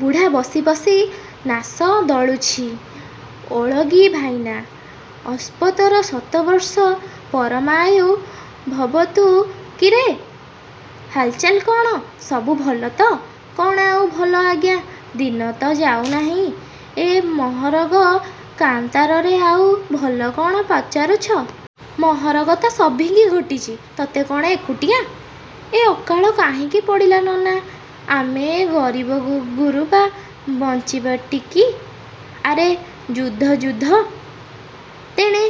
ବୁଢ଼ା ବସି ବସି ନାଶ ଦଳୁଛି-। ''ଓଳଗି ଭାଇନା। '' ''ଅଷ୍ଟୋତ୍ତର ଶତବର୍ଷ ପରମାୟୁ ଭବତୁ–କିରେ ହାଲ୍ଚାଲ୍ କ'ଣ? ସବୁ ଭଲ ତ? '' ''କ'ଣ ଆଉ ଭଲ ଆଜ୍ଞା। ଦିନ ତ ଯାଉ ନାହିଁ। ଏ ମହରଗ କାନ୍ତାରରେ ଆଉ ଭଲ କ'ଣ ପଚାରୁଛ? '' ''ମହରଗ ତ ସଭିଙ୍କି ଘୋଟିଛି–ତୋତେ କ'ଣ ଏକୁଟିଆ? '' ''ଏ ଅକାଳ କାହିଁକି ପଡ଼ିଲା ନନା, ଆମେ ଏ ଗରିବ ଗୁରୁବା ବଞ୍ଚିବାଟିକି? '' ''ଆରେ ଯୁଦ୍ଧ, ଯୁଦ୍ଧ! ତେଣେ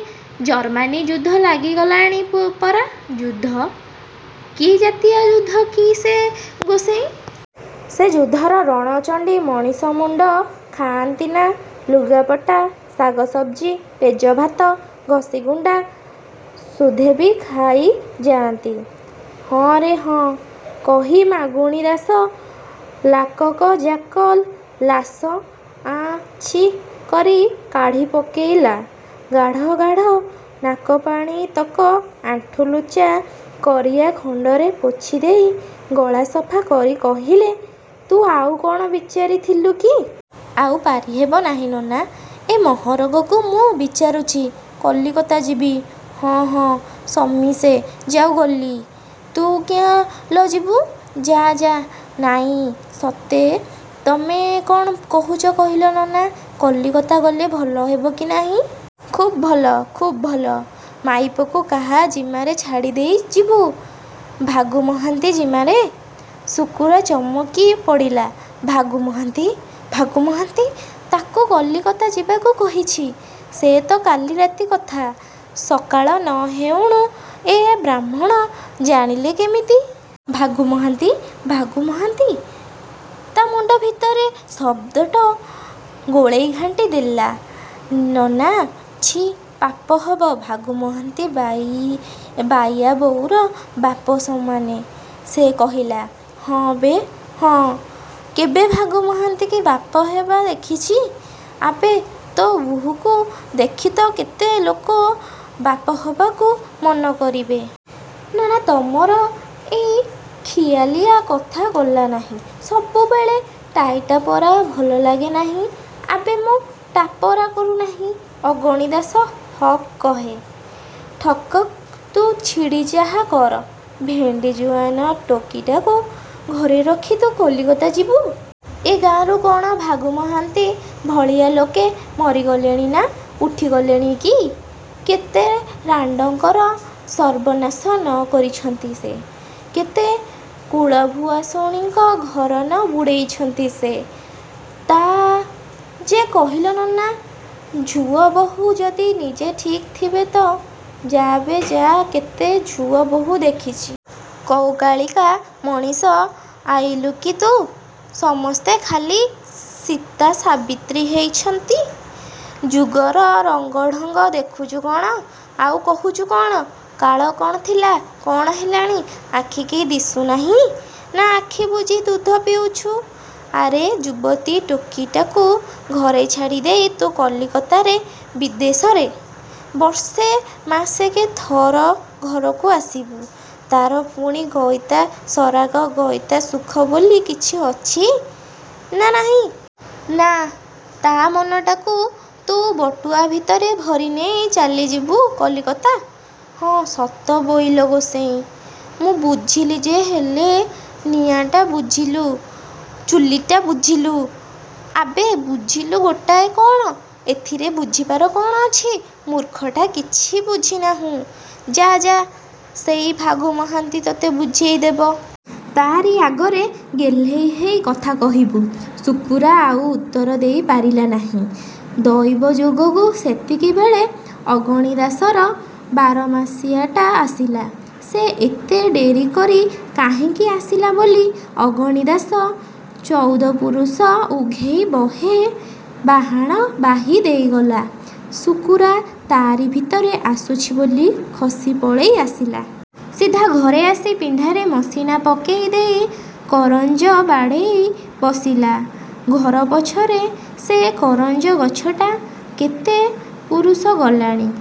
ଜର୍ମାନୀ ଯୁଦ୍ଧ ଲାଗିଗଲାଣି ପରା। '' ''ଯୁଦ୍ଧ? କି ଜାତିଆ ଯୁଦ୍ଧ କି ସେ ଗୋସେଇଁ? ସେ ଯୁଦ୍ଧର ରଣଚଣ୍ଡୀ ମଣିଷମୁଣ୍ଡ ଖାଆନ୍ତିନା, ଲୁଗାପଟା, ଶାଗସବ୍ଜି, ପେଯ ଭାତ, ଘଷିଗୁଣ୍ଡା ସୁଧେବି ଖାଇଯାଆନ୍ତି? '' ''ହଁ ରେ ହଁ। '' କହି ମାଗୁଣିଦାସ ଲାକକ ଯାକ ଲାସ 'ଆଁ 'ଛି' କରି କାଢ଼ି ପକେଇଲା। ଗାଢ଼ ଗାଢ଼ ନାକପାଣିତକ ଆଣ୍ଠୁ ଲୁଚା କରିଆ ଖଣ୍ଡରେ ପୋଛି ଦେଇ ଗଳା ସଫା କରି କହିଲେ–''ତୁ ଆଉ କ'ଣ ବିଚାରିଥିଲୁ କି? '' ''ଆଉ ପାରି ହେବ ନାହିଁ ନନା ଏ ମହରଗକୁ ମୁଁ ବିଚାରୁଚି–କଲିକତା ଯିବି। '' ''ହଁ, ହଁ, ସମିସେ ଯାଉ ଗଲି, ତୁ କିଆଁ ଲ ଯିବୁ? ଯା–ଯା–! '' ''ନାଇଁ ସତେ, ତମେ କ'ଣ କହୁଚ କହିଲ ନନା, କଲିକତା ଗଲେ ଭଲ ହେବ କି ନାହିଁ-! '' ''ଖୁବ୍ ଭଲ, ଖୁବ୍ ଭଲ। ମାଇପକୁ କାହା ଜିମାରେ ଛାଡ଼ି ଦେଇଯିବୁ? ଭାଗୁ ମହାନ୍ତି ଜିମାରେ। '' ଶୁକୁରା ଚମକି ପଡ଼ିଲା। ଭାଗୁ ମହାନ୍ତି! ଭାଗୁ ମହାନ୍ତି ତାକୁ କଲିକତା ଯିବାକୁ କହିଛି-। ସେ ତ କାଲି ରାତି କଥା। ସକାଳ ନ ହେଉଣୁ ଏ ବ୍ରାହ୍ମଣ ଜାଣିଲେ କିମିତି? ''ଭାଗୁ ମହାନ୍ତି–ଭାଗୁ ମହାନ୍ତି। '' ତା' ମୁଣ୍ଡ ଭିତରେ ଶବଦଟ ଗୋଳେଇ ଘାଣ୍ଟି ହେଲା। ''ନନା, ଛି, ପାପ ହବ। ଭାଗୁ ମହାନ୍ତି ବାଇୟା ବୋଉର ବାପ ସମାନେ। '' ସେ କହିଲା-। ''ହଁବେ ହଁ–କେତେ ଭାଗୁ ମହାନ୍ତିକି ବାପ ହେବା ଦେଖିଛି–ଆବେ ତୋ ବହୂକୁ ଦେଖିତ କେତେ ଲୋକ ବାପ ହବାକୁ ମନ କରିବେ। '' ''ନନା, ତମର ଏଇ ଖିଆଲିଆ କଥା ଗଲା ନାହିଁ। ସବୁବେଳେ ଟାହିଟାପରା ଭଲ ଲାଗେ ନାହିଁ। '' ''ଆବେ ମୁଁ ଟାପରା କରୁ ନାଇଁ। ଅଗଣି ଦାସ ହକ୍ କହେ–ଠକ୍ଠକ୍! ତୁ ଚିଡ଼ି ଯାହା କର। ଭେଣ୍ଡୀ ଜୁଆନ୍ ଟୋକୀଟାକୁ ଘରେ ରଖି ତୁ କଲିକତା ଯିବୁ। ଏ ଗାଁରୁ କ'ଣ ଭାଗୁ ମହାନ୍ତି ଭଳିଆ ଲୋକେ ମରିଗଲେଣିନା ଉଠିଗଲେଣି କି? କେତେ ରାଣ୍ଡଙ୍କର ସର୍ବନାଶ ନ କରିଛନ୍ତି ସେ, କେତେ କୁଳଭୁଆସୁଣୀଙ୍କ ଘର ନ ବୁଡ଼େଇଛନ୍ତି ସେ? '' ''ତା' ଯେ କହିଲ ନନା, ଝୁଅ ବହୂ ଯଦି ନିଜେ ଠିକ୍ ଥିବେ ତ–'' ''ଯାବେ ଯା–କେତେ ଝୁଅ ବୋହୂ ଦେଖିଛି। କଉକାଳିକା ମଣିଷ ଆଇଲୁକି ତୁ? ସମସ୍ତେ ଖାଲି ସୀତା ସାବିତ୍ରୀ ହେଇଚନ୍ତି। ଯୁଗର ରଙ୍ଗଢ଼ଙ୍ଗ ଦେଖୁଛୁ କ'ଣ, ଆଉ କହୁଛୁ କ'ଣ? କାଳ କ'ଣ ଥିଲା, କ'ଣ ହେଲାଣି ଆଖିକି ଦିଶୁନାହିଁ–ନା–ଆଖି ବୁଜି ଦୁଧ ପିଉଚୁ? ଆରେ ଯୁବତୀ ଟୋକୀଟାକୁ ଘରେ ଛାଡ଼ିଦେଇ, ତୁ କଲିକତାରେ–ବିଦେଶରେ; ବର୍ଷେ ମାସେକେ ଥର ଘରକୁ ଆସିବୁ, ତା'ର ପୁଣି ଘଇତା ସରାଗ, ଘଇତା ସୁଖ ବୋଲି କିଛି ଅଛି ନା ନାହିଁ? ନା–ତା' ମନଟାକୁ ତୁ ବଟୁଆ ଭିତରେ ଭରି ନେଇ ଚାଲିଯିବୁ କଲିକତା? '' ''ହଁ ସତ ବୋଇଲ ଗୋସେଇଁ, ମୁଁ ବୁଝିଲି ଯେ–ହେଲେ–'' ''ନିଆଁଟା ବୁଝିଲୁ, ଚୁଲିଟା ବୁଝିଲୁ–ଆବେ ବୁଝିଲୁ ଗୋଟାଏ କ'ଣ? ଏଥିରେ ବୁଝିବାର କ'ଣ ଅଛି। ମୂର୍ଖଟା କିଛି ବୁଝିନାହୁଁ। ଯା–ଯା ସେଇ ଭାଗୁ ମହାନ୍ତି ତୋତେ ବୁଝେଇଦବ। ତା'ରି ଆଗରେ ଗେହ୍ଲେଇ ହେଇ କଥା କହିବୁ। '' ଶୁକୁରା ଆଉ ଉତ୍ତର ଦେଇ ପାରିଲା ନାହିଁ। ଦଇବଯୋଗକୁ ସେତିକିବେଳେ ଅଗଣିଦାସର ବାରମାସିଆଟା ଆସିଲା। ସେ ଏତେ ଡେରି କରି କାହିଁକି ଆସିଲା ବୋଲି ଅଗଣିଦାଶ ଚଉଦପୁରୁଷ ଉଘେଈ ବହେ ବାହାଣ ବାହି ଦେଇଗଲା। ଶୁକୁରା ତା'ରି ଭିତରେ ଆସୁଛି ବୋଲି ଖସି ପଳେଇ ଆସିଲା। ସିଧା ଘରେ ଆସି ପିଣ୍ଡାରେ ମସିଣା ପକେଇ ଦେଇ କରଞ୍ଜ ବାଡ଼େଇ ବସିଲା। ଘର ପଛରେ ସେ କରଞ୍ଜ ଗଛଟା। କେତେ ପୁରୁଷ ଗଲାଣି।